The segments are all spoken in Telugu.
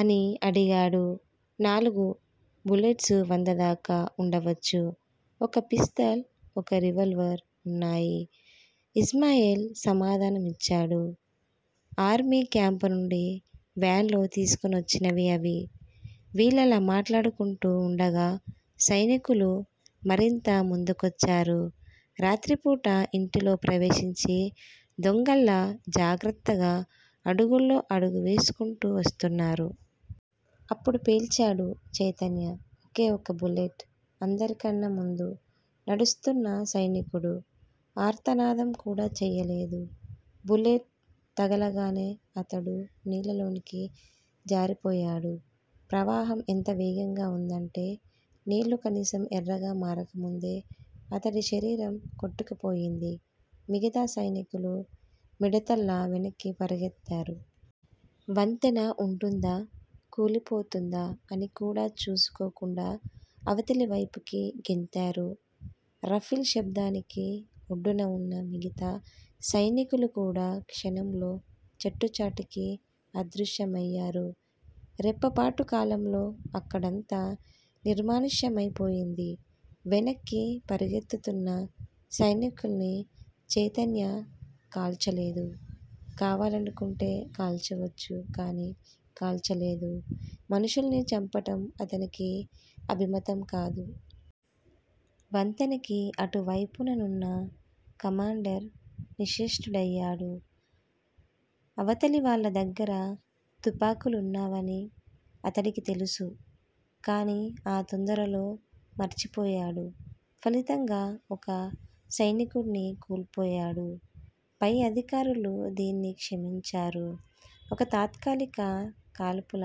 అని అడిగాడు. నాలుగు. బుల్లెట్స్ వందదాకా వుండవచ్చు. ఒక పిస్టల్, ఒక రివాల్వర్ వున్నాయి ఇస్మాయిల్ సమాధానం ఇచ్చాడు. ఆర్మీ క్యాంప్ నుంచి వ్యాన్ లో తీసుకొచ్చినవి అవి. వీళ్ళలా మాట్లాడుకుంటూ వుండగా సైనికులు మరింత ముందుకొచ్చారు. రాత్రిపూట ఇంటిలో ప్రవేసించి దొంగల్లా జాగ్రత్తగా అడుగులో అడుగు వేసుకుంటూ వస్తున్నారు. అప్పుడు పేల్చాడు చైతన్య. ఒకే ఒక బుల్లెట్. అందరికన్నా ముందు నడుస్తూన్న సైనికుడు ఆర్తనాదం కూడా చెయ్యలేదు. బుల్లెట్ తగలగానే అతడు నీళ్ళలోకి జారిపోయాడు. ప్రవాహం ఎంత వేగంగా వుందంటే, నీళ్ళు కనీసం ఎర్రగా మారకముందే అతడి శరీరం కొట్టుకుపోయింది. మిగతా సైనికులు మిడతల్లా వెనక్కి పరుగెత్తారు. వంతెన వుంటుందా, కూలిపోతుందా అనికూడా చూసుకోకుండా అవతలివైపుకి గెంతారు. రైఫిల్ శబ్దానికి ఒడ్డున వున్న మిగతా సైనికులుకూడా క్షణంలో చెట్లచాటుకి అదృశ్యమయ్యారు. రెప్పపాటు కాలంలో అక్కడంతా నిర్మానుష్యమై పోయింది. వెనక్కి పరిగెడుతున్న సైనికుల్ని చైతన్య కాల్చలేదు. కావాలనుకుంటే కాల్చవచ్చు కానీ కాల్చలేదు. మనుషుల్ని చంపటం అతని అభిమతం కాదు. వంతెనకి అటువైపునున్న కమాండర్ నిశ్చేష్టుడయ్యాడు. అవతలివాళ్ళ దగ్గర తుపాకులున్నవని అతడికి తెలుసు. కానీ ఆ తొందరలో మర్చిపోయాడు ఫలితంగా ఒక సైనికుడిని కోల్పోయాడు. పై అధికారులు దీన్ని క్షమించరు. ఒక్క తాత్కాలిక కాల్పుల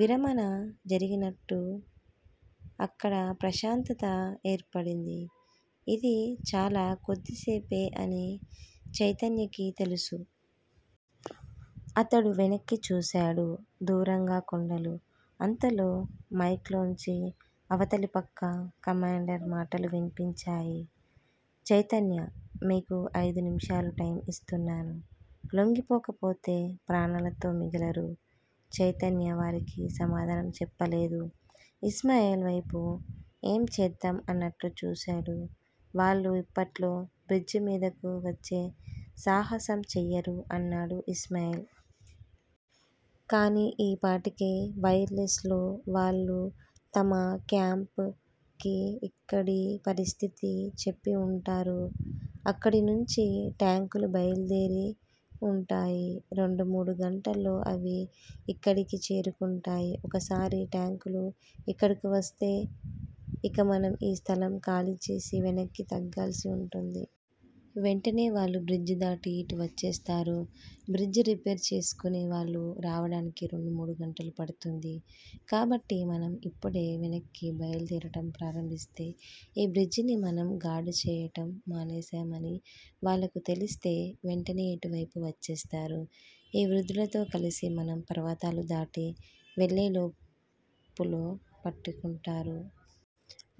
విరమణ జరిగినట్టు అక్కడ ప్రశాంతత ఏర్పడింది. ఇది చాలా కొద్దిసేపే అని చైతన్యకి తెలుసు. అతడు వెనక్కి చూశాడు. దూరంగా కొండలు అంతలో మైక్ లోంచి అవతలిపక్క కమాండర్ మాటలు వినిపించాయి. చైతన్యా! మీకు అయిదు నిముషాలు టైము ఇస్తున్నాను. లొంగిపోకపోతే ప్రాణాలతో మిగలరు. చైతన్య వారికి సమాధానం చెప్పలేదు. ఇస్మాయిల్ వైపు 'ఏం చేద్దాం' అన్నట్టు చూశాడు. వాళ్ళు ఇప్పట్లో బ్రిడ్జి మీదకు వచ్చే సాహసం చెయ్యరు అన్నాడు ఇస్మాయిల్. కానీ ఈపాటికే వైర్ లెస్ లో వాళ్ళు తమ క్యాంప్ కి ఇక్కడి పరిస్థితి చెప్పి వుంటారు. అక్కడనుంచి టాంకులు బయలుదేరి వుంటాయి. రెండు మూడు గంటల్లో అవి ఇక్కడకు చేరుకుంటాయి. ఒక్కసారి టాంకులు ఇక్కడకు వస్తే ఇక మనం ఈ స్థలం ఖాళీచేసి వెనక్కి తగ్గాల్సి వుంటుంది. వెంటనే వాళ్ళు బ్రిడ్జిదాటి ఇటు వచ్చేస్తారు. బ్రిడ్జి రిపేరు చేసుకుని వాళ్ళు రావటానికి రెండు మూడు గంటలు పడుతుంది కాబట్టి మనం ఇప్పుడే వెనక్కి బయలుదేరటం ప్రారంభిస్తే. ఈ బ్రిడ్జిని మనం గార్డుచేయటం మానేసేమని వాళ్ళకు తెలిస్తే వెంటనే ఇటువైపు వచ్చేస్తారు. ఈ వృద్ధులతో కలిసి మనం పర్వతాలు దాటి వెళ్ళేలోపులో పట్టుకుంటారు.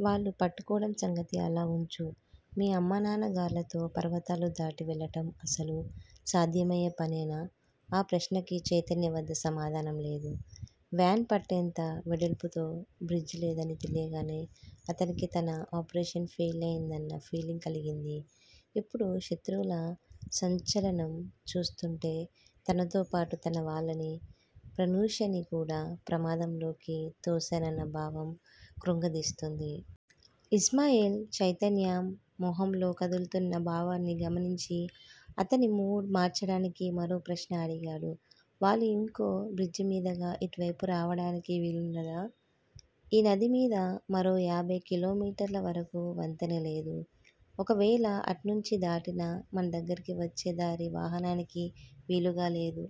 వాళ్ళు పట్టుకోవటం సంగతి అలా వుంచు. మీ అమ్మానాన్నగార్లతో పర్వతాలు దాటివెళ్ళటం అసలు సాధ్యమయ్యే పనేనా? ఆ ప్రశ్నకి చైతన్య వద్ద సమాధానం లేదు. వ్యాన్ పట్టేంత వెడల్పుతో బ్రిడ్జి లేదని తెలియగానే అతనికి తన ఆపరేషన్ ఫెయిల్ అయిందన్న ఫీలింగ్ కలిగింది. ఇప్పుడు శత్రువుల సంచలనం చూస్తూంటే, తనతోపాటు తన వాళ్ళనీ, ప్రనూషనీ కూడా ప్రమాదంలోకి తోశానన్న భావం కృంగదీస్తోంది. ఇస్మాయిల్ చైతన్య మొహంలో కదులుతూన్న భావాల్ని గమనించి, అతని మూడ్ మార్చటానికి మరో ప్రశ్న అడిగాడు. వాళ్ళు ఇంకో బ్రిడ్జి మీదుగా ఇటువైపు రావటానికి వీలున్నదా? ఈ నదిమీద మరో యాభై కిలోమీటర్ల వరకూ వంతెనలేదు. ఒకవేళ అట్నుంచి దాటినా, మన దగ్గరికి వచ్చే దారి వాహనాలకి వీలుగా లేదు.